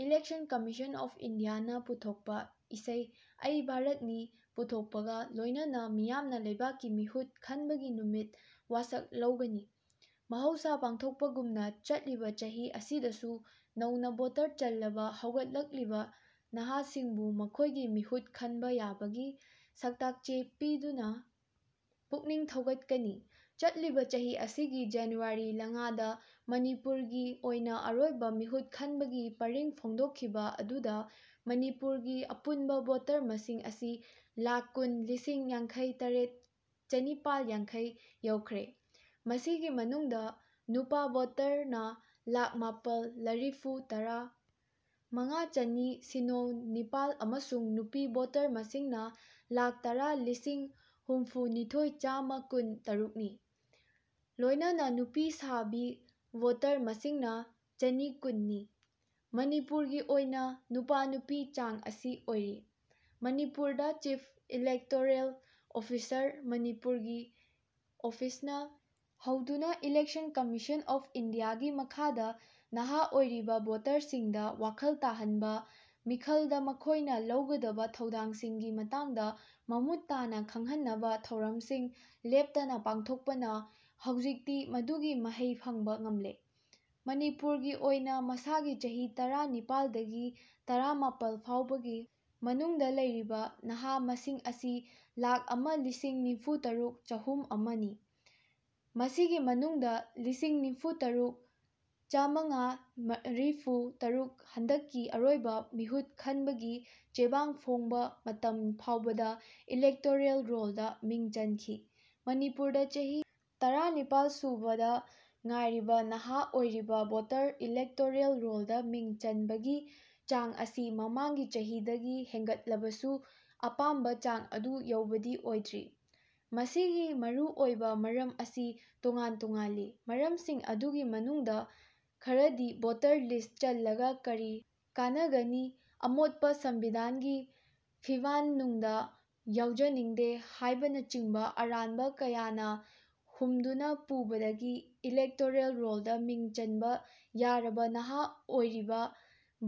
Election commission of ꯏꯟꯗꯤꯌꯥꯅ ꯄꯨꯊꯣꯛꯄ ꯏꯁꯩ ꯑꯩ ꯚꯥꯔꯠꯅꯤ ꯄꯨꯊꯣꯛꯄꯒ ꯂꯣꯏꯅꯅ ꯃꯤꯌꯥꯝꯅ ꯂꯩꯕꯥꯛꯀꯤ ꯃꯤꯍꯨꯠ ꯈꯟꯕꯒꯤ ꯅꯨꯃꯤꯠ ꯋꯥꯁꯛ ꯂꯧꯒꯅꯤ꯫ꯃꯍꯧꯁꯥ ꯄꯥꯡꯊꯣꯛꯄꯒꯨꯝꯅ ꯆꯠꯂꯤꯕ ꯆꯍꯤ ꯑꯁꯤꯗꯁꯨ ꯅꯧꯅ ꯚꯣꯇꯔ ꯆꯜꯂꯕ ꯍꯧꯒꯠꯂꯛꯂꯤꯕ ꯅꯍꯥꯁꯤꯡꯕꯨ ꯃꯈꯣꯏꯒꯤ ꯃꯤꯍꯨꯠ ꯈꯟꯕ ꯌꯥꯕꯒꯤ ꯁꯛꯇꯥꯛ ꯆꯦ ꯄꯤꯗꯨꯅ ꯄꯨꯛꯅꯤꯡ ꯊꯧꯒꯠꯀꯅꯤ꯫ꯆꯠꯂꯤꯕ ꯆꯍꯤ ꯑꯁꯤꯒꯤ ꯖꯅꯨꯋꯥꯔꯤ ꯂꯉꯥꯗ ꯃꯅꯤꯄꯨꯔꯒꯤ ꯑꯣꯏꯅ ꯑꯔꯣꯏꯕ ꯃꯤꯍꯨꯠ ꯈꯟꯕꯒꯤ ꯄꯔꯤꯡ ꯐꯣꯡꯗꯣꯛꯈꯤꯕ ꯑꯗꯨꯗ ꯃꯅꯤꯄꯨꯔꯒꯤ ꯑꯄꯨꯟꯕꯚꯣꯇꯔ ꯃꯁꯤꯡ ꯑꯁꯤ ꯂꯥꯛ ꯀꯨꯟ ꯂꯤꯁꯤꯡ ꯌꯥꯡꯈꯩ ꯇꯔꯦꯠ ꯆꯟꯅꯤꯄꯥꯜ ꯌꯥꯡꯈꯩ ꯌꯧꯈ꯭ꯔꯦ꯫ꯃꯁꯤꯒꯤ ꯃꯅꯨꯡꯗ ꯅꯨꯄꯥ ꯚꯣꯇꯔꯅ ꯂꯥꯛ ꯃꯥꯄꯜ ꯂꯔꯤꯐꯨ ꯇꯔꯥ ꯃꯉꯥ ꯆꯟꯅꯤ ꯁꯤꯅꯣ ꯅꯤꯄꯥꯜ ꯑꯃꯁꯨꯡ ꯅꯨꯄꯤ ꯚꯣꯇꯔ ꯃꯁꯤꯡꯅ ꯂꯥꯛ ꯇꯔꯥ ꯂꯤꯁꯤꯡ ꯍꯨꯝꯐꯨ ꯅꯤꯊꯣꯏ ꯆꯥꯝꯃ ꯀꯨꯟ ꯇꯔꯨꯛꯅꯤ꯫ꯂꯣꯏꯅꯅ ꯅꯨꯄꯤ ꯁꯥꯕꯤ ꯚꯣꯇꯔ ꯃꯁꯤꯡꯅ ꯆꯟꯅꯤ ꯀꯨꯟ ꯅꯤ꯫ꯃꯅꯤꯄꯨꯔꯒꯤ ꯑꯣꯏꯅ ꯅꯨꯄꯥ-ꯅꯨꯄꯤ ꯆꯥꯡ ꯑꯁꯤ ꯑꯣꯏꯔꯤ꯫ꯃꯅꯤꯄꯨꯔꯗ ꯆꯤꯐ ꯏꯂꯦꯛꯇꯣꯔꯦꯜ ꯑꯣꯐꯤꯁꯥꯔ ꯃꯅꯤꯄꯨꯔꯒꯤ ꯑꯣꯐꯤꯁꯅ ꯍꯧꯗꯨꯅ ꯏꯂꯦꯛꯁꯟ ꯀꯝꯃꯤꯁꯟ ꯑꯣꯟꯏꯟꯗꯤꯌꯥꯒꯤ ꯃꯈꯥꯗ ꯅꯍꯥ ꯑꯣꯏꯔꯤꯕ ꯚꯣꯇꯔꯁꯤꯡꯗ ꯋꯥꯈꯜ ꯇꯥꯍꯟꯕ, ꯃꯤꯈꯜꯗ ꯃꯈꯣꯏꯅ ꯂꯧꯒꯗꯕ ꯊꯧꯗꯥꯡꯁꯤꯡꯒꯤ ꯃꯇꯥꯡꯗ ꯃꯃꯨꯠ ꯇꯥꯅ ꯈꯪꯍꯟꯅꯕ ꯊꯧꯔꯝꯁꯤꯡ ꯂꯦꯞꯇꯅ ꯄꯥꯡꯊꯣꯛꯄꯅ ꯍꯧꯖꯤꯛꯇꯤ ꯃꯗꯨꯒꯤ ꯃꯍꯩ ꯐꯪꯕ ꯉꯝꯂꯦ꯫ꯃꯅꯤꯄꯨꯔꯒꯤ ꯑꯣꯏꯅ ꯃꯁꯥꯒꯤ ꯆꯍꯤ ꯇꯔꯥ ꯅꯤꯄꯥꯜꯗꯒꯤ ꯇꯔꯥꯃꯥꯄꯜ ꯐꯥꯎꯕꯒꯤ ꯃꯅꯨꯡꯗ ꯂꯩꯔꯤꯕ ꯅꯍꯥ ꯃꯁꯤꯡ ꯑꯁꯤ ꯂꯥꯛ ꯑꯃ ꯂꯤꯁꯤꯡ ꯅꯤꯐꯨ ꯇꯔꯨꯛ ꯆꯍꯨꯝ ꯑꯃ ꯅꯤ꯫ꯃꯁꯤꯒꯤ ꯃꯅꯨꯡꯗ ꯂꯤꯁꯤꯡ ꯅꯤꯐꯨ ꯇꯔꯨꯛ ꯆꯥꯝꯃꯉꯥ ꯃꯔꯤꯐꯨ ꯇꯔꯨꯛ ꯍꯟꯗꯛꯀꯤ ꯑꯔꯣꯏꯕ ꯃꯤꯍꯨꯠ ꯈꯟꯕꯒꯤ ꯆꯦꯕꯥꯡ ꯐꯣꯡꯕ ꯃꯇꯝ ꯐꯥꯎꯕꯗ ꯏꯂꯦꯛꯇꯣꯔꯦꯜ ꯔꯣꯜꯗ ꯃꯤꯡ ꯆꯟꯈꯤ꯫ꯃꯅꯤꯄꯨꯔꯗ ꯆꯍꯤ ꯇꯔꯥꯅꯤꯄꯥꯜ ꯁꯨꯕꯗ ꯉꯥꯏꯔꯤꯕ ꯅꯍꯥ ꯑꯣꯏꯔꯤꯕ ꯚꯣꯇꯔ ꯏꯂꯦꯛꯇꯣꯔꯦꯜ ꯔꯣꯜꯗ ꯃꯤꯡ ꯆꯟꯕꯒꯤ ꯆꯥꯡ ꯑꯁꯤ ꯃꯃꯥꯡꯒꯤ ꯆꯍꯤꯗꯒꯤ ꯍꯦꯟꯒꯠꯂꯕꯁꯨ ꯑꯄꯥꯝꯕ ꯆꯥꯡ ꯑꯗꯨ ꯌꯧꯕꯗꯤ ꯑꯣꯏꯗ꯭ꯔꯤ꯫ꯃꯁꯤꯒꯤ ꯃꯔꯨ ꯑꯣꯏꯕ ꯃꯔꯝ ꯑꯁꯤ ꯇꯣꯉꯥꯟ ꯇꯣꯉꯥꯟꯂꯤ꯫ꯃꯔꯝꯁꯤꯡ ꯑꯗꯨꯒꯤ ꯃꯅꯨꯡꯗ ꯈꯔꯗꯤ ꯚꯣꯇꯔ ꯂꯤꯁꯇ ꯆꯜꯂꯒ ꯀꯔꯤ ꯀꯥꯟꯅꯒꯅꯤ, ꯑꯃꯣꯠꯄ ꯁꯪꯕꯤꯚꯥꯟꯒꯤ ꯐꯤꯕꯥꯟꯅꯨꯡꯗ ꯌꯥꯎꯖꯅꯤꯡꯗꯦ ꯍꯥꯏꯕꯅꯆꯤꯡꯕ ꯑꯔꯥꯟꯕ ꯀꯌꯥꯅ ꯍꯨꯝꯗꯨꯅ ꯄꯨꯕꯗꯒꯤ ꯏꯂꯦꯛꯇꯣꯔꯦꯜ ꯔꯣꯜꯗ ꯃꯤꯡ ꯆꯟꯕ ꯌꯥꯔꯕ ꯅꯍꯥ ꯑꯣꯏꯔꯤꯕ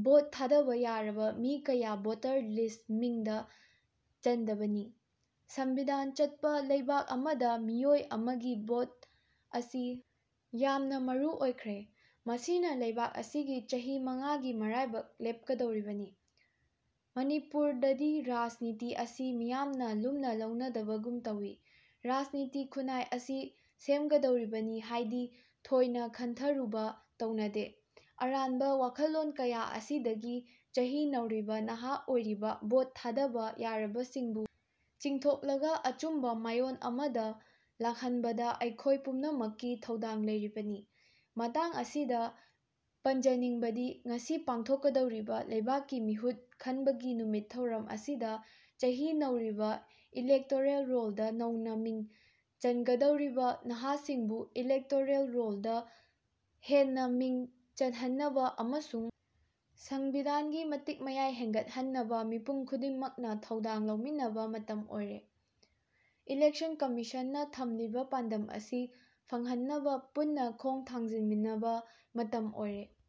ꯚꯣꯠ ꯊꯥꯗꯕ ꯌꯥꯔꯕ ꯃꯤ ꯀꯌꯥ ꯚꯣꯇꯔ ꯂꯤꯁꯇ ꯃꯤꯡ ꯆꯟꯗꯕꯅꯤ꯫ꯁꯪꯕꯤꯚꯥꯟ ꯆꯠꯄ ꯂꯩꯕꯥꯛ ꯑꯃꯗ ꯃꯤꯑꯣꯏ ꯑꯃꯒꯤ ꯚꯣꯠ ꯑꯁꯤ ꯌꯥꯝꯅ ꯃꯔꯨ ꯑꯣꯏꯈ꯭ꯔꯦ꯫ꯃꯁꯤꯅ ꯂꯩꯕꯥꯛ ꯑꯁꯤꯒꯤ ꯆꯍꯤ ꯃꯉꯥ ꯒꯤ ꯃꯔꯥꯏꯕꯛ ꯂꯦꯞꯀꯗꯧꯔꯤꯕꯅꯤ꯫ꯃꯅꯤꯄꯨꯔꯗꯗꯤꯔꯥꯖ ꯅꯤꯇꯤ ꯑꯁꯤ ꯃꯤꯌꯥꯝꯅ ꯂꯨꯝꯅ ꯂꯧꯅꯗꯕꯒꯨꯝꯅ ꯇꯧꯏ꯫ꯔꯥꯖꯅꯤꯇꯤꯅ ꯈꯨꯟꯅꯥꯏ ꯑꯁꯤ ꯁꯦꯝꯒꯗꯧꯔꯤꯕꯅꯤ ꯍꯥꯏꯗꯤ ꯊꯣꯏꯅ ꯈꯟꯊꯔꯨꯕ ꯇꯧꯅꯗꯦ꯫ꯑꯔꯥꯟꯕ ꯋꯥꯈꯜꯂꯣꯟ ꯀꯌꯥ ꯑꯁꯤꯗꯒꯤ ꯆꯍꯤ ꯅꯧꯔꯤꯕ ꯅꯍꯥ ꯑꯣꯏꯔꯤꯕ ꯚꯣꯠ ꯊꯥꯗꯕ ꯌꯥꯔꯕꯁꯤꯡꯕꯨ ꯆꯤꯡꯊꯣꯛꯂꯒ ꯑꯆꯨꯝꯕ ꯃꯥꯏꯑꯣꯟ ꯑꯃꯗ ꯂꯥꯛꯍꯟꯕꯗ ꯑꯩꯈꯣꯏ ꯄꯨꯝꯅꯃꯛꯀꯤ ꯊꯧꯗꯥꯡ ꯂꯩꯔꯤꯕꯅꯤ꯫ꯃꯇꯥꯡ ꯑꯁꯤꯗ ꯄꯟꯖꯅꯤꯡꯕꯗꯤ ꯉꯁꯤ ꯄꯥꯡꯊꯣꯛꯀꯗꯧꯔꯤꯕ ꯂꯩꯕꯥꯛꯀꯤ ꯃꯤꯍꯨꯠ ꯈꯟꯕꯒꯤ ꯅꯨꯃꯤꯠ ꯊꯧꯔꯝ ꯑꯁꯤꯗ ꯆꯍꯤ ꯅꯧꯔꯤꯕ, ꯏꯂꯦꯛꯇꯣꯔꯦꯜ ꯔꯣꯜꯗ ꯅꯧꯅ ꯃꯤꯡ ꯆꯟꯒꯗꯧꯔꯤꯕ ꯅꯍꯥꯁꯤꯡꯕꯨ ꯏꯂꯦꯛꯇꯣꯔꯦꯜ ꯔꯣꯜꯗ ꯍꯦꯟꯅ ꯃꯤꯡ ꯆꯜꯍꯟꯅꯕ ꯑꯃꯁꯨꯡ ꯁꯪꯕꯤꯚꯥꯟꯒꯤꯃꯇꯤꯛ ꯃꯌꯥꯏ ꯍꯦꯟꯒꯠꯍꯟꯅꯕ ꯃꯤꯄꯨꯝ ꯈꯨꯗꯤꯡꯃꯛꯅ ꯊꯧꯗꯥꯡ ꯂꯧꯃꯤꯟꯅꯕ ꯃꯇꯝ ꯑꯣꯏꯔꯦ꯫ꯏꯂꯦꯛꯁꯟ ꯀꯝꯃꯤꯁꯟꯅ ꯊꯝꯂꯤꯕ ꯄꯥꯟꯗꯝ ꯑꯁꯤ ꯐꯪꯍꯟꯅꯕ ꯄꯨꯟꯅ ꯈꯣꯡ ꯊꯥꯡꯖꯤꯟꯃꯤꯟꯅꯕ ꯃꯇꯝ ꯑꯣꯏꯔꯦ꯫